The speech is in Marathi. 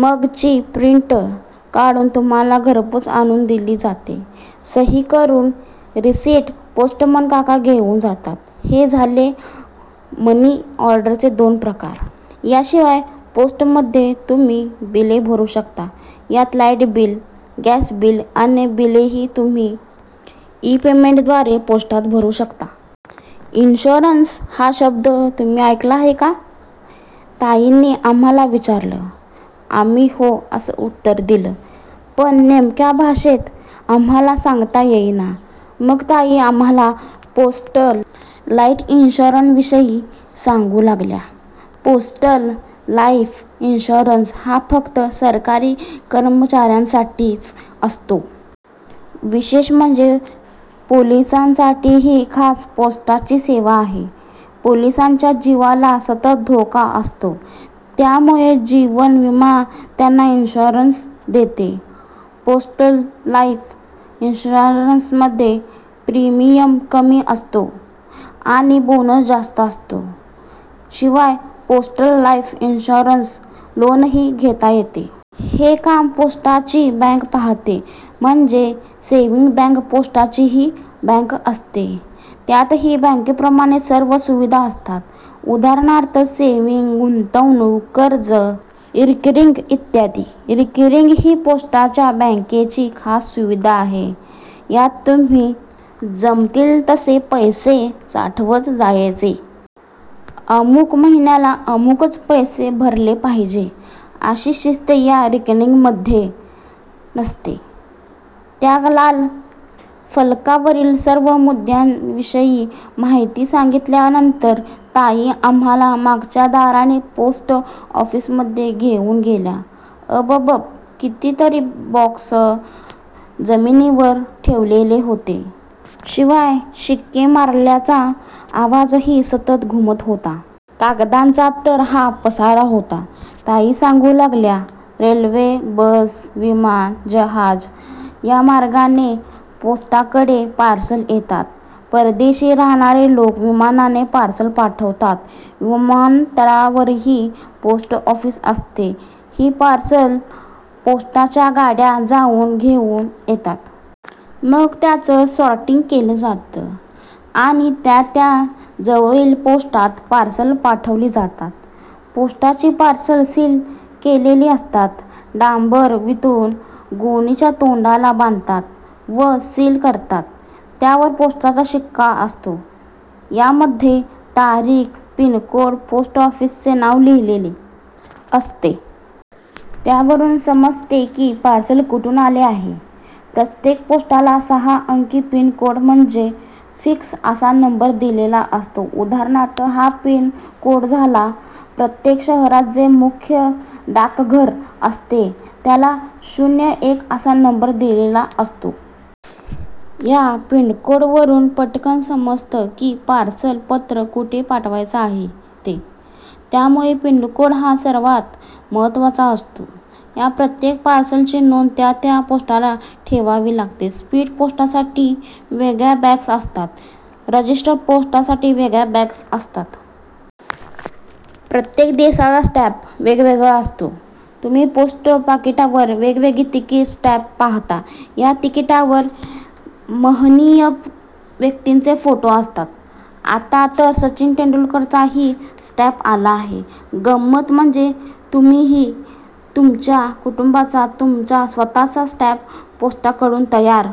मग ची प्रिंट काढून तुम्हाला घरपोच आणून दिली जाते. सही करून रिसिट पोस्टमन काका घेऊन जातात. हे झाले मनी ऑर्डरचे दोन प्रकार. याशिवाय पोस्टमध्ये तुम्ही बिले भरू शकता. यात लाईट बिल, गॅस बिल, अन्य बिलेही तुम्ही ई-पेमेंटद्वारा पोस्टात भरू शकता." "इन्शुरन्स हा शब्द तुम्ही ऐकला आहे का?" ताईंनी आम्हांला विचारलं. आम्ही 'हो' असं उत्तर दिलं, पण नेमक्या भाषेत आम्हांला सांगता येईना. मग ताई आम्हांला पोस्टल लाईफ इन्शुरन्सविषयी सांगू लागल्या- "पोस्टल लाईफ इन्शुरन्स हा फक्त सरकारी कर्मचाऱ्यांसाठीच असतो. विशेष म्हणजे पोलिसांसाठीही खास पोस्टाची सुविधा आहे. पोलिसांच्या जीवाला सतत धोका असतो त्यामुळे जीवन विमा त्यांना इन्शुरन्स देते. पोस्टल लाईफ इन्शुरन्समध्ये प्रीमियम कमी असतो आणि बोनस जास्त असतो. शिवाय पोस्टल लाईफ इन्शुरन्सवर लोनही घेता येते. हे काम पोस्टाची बँक पाहते म्हणजेच सेव्हिंग बँक. पोस्टाचीही बँक असते. यातही बँकेप्रमाणे सर्व सुविधा असतात. उदाहरणार्थ सेव्हिंग, गुंतवणूक, कर्ज, रिकरिंग इत्यादी. रिकरिंग ही पोस्टाच्या बँकेची खास सुविधा आहे. यात तुम्ही जमतील तसे पैसे साठवत जायचे. अमुक महिन्याला अमुकच पैसे भरले पाहिजे अशी सक्ती या रिकरिंगमध्ये नसते." त्या लाल फलकावरील सर्व मुद्द्यांविषयी माहिती सांगितल्यानंतर ताई आम्हांला मागच्या दाराने पोस्ट ऑफिसमध्ये घेऊन गेल्या. अबब! कितीतरी बॉक्स जमिनीवर ठेवलेले होते. शिवाय शिक्के मारल्याचा आवाजही सतत घुमत होता. कागदांचा तर हा पसारा होता! ताई सांगू लागल्या, "रेल्वे, बस, विमान, जहाज या मार्गाने पोस्टाकडे पार्सल येतात. परदेशी राहणारे लोक विमानाने पार्सल पाठवतात. विमानतळावरही पोस्ट ऑफिस असते. मग ही पार्सल पोस्टाच्या गाड्या जाऊन घेऊन येतात. मग त्याचं सॉर्टिंग केलं जातं आणि त्या त्या जवळील पोस्टात ही पार्सल पाठवली जातात. पोस्टाची पार्सल्स सील केलेली असतात. डांबर वितळून गोणीच्या तोंडाला बांधतात व सील करतात. त्यावर पोस्टाचा शिक्का असतो. यामध्ये तारीख, पिन कोड, पोस्ट ऑफिसचे नाव लिहिलेले असते. त्यावरून समजते की पार्सल कुठून आले आहे. प्रत्येक पोस्टाला सहा अंकी पिन कोड म्हणजे फिक्स असा नंबर दिलेला असतो. उदा. हा पिन कोड झाला. प्रत्येक शहरात जे मुख्य डाकघर असते, त्याला शून्य एक असा नंबर दिलेला असतो. या पिनकोडवरून पटकन समजतं की पार्सल, पत्र कुठे पाठवायचं आहे ते. त्यामुळे पिनकोड हा सर्वात महत्त्वाचा असतो. या प्रत्येक पार्सलची नोंद त्या त्या पोस्टाला ठेवावी लागते. स्पीड पोस्टसाठी वेगळ्या बॅग्ज असतात, रजिस्टर पोस्टसाठी वेगळ्या बॅग्ज असतात. प्रत्येक देशाचा स्टँप वेगवेगळा असतो. तुम्ही पोस्ट पाकिटावर वेगवेगळी तिकीटं, स्टँप पाहता. ह्या तिकिटावर महनीय व्यक्तींचे फोटो असतात. आता तर सचिन तेंडुलकरचाही स्टँप आला आहे. गंमत म्हणजे तुम्हीही तुमच्या कुटुंबाचा, तुमचा स्वतःचा स्टँप पोस्टाकडून तयार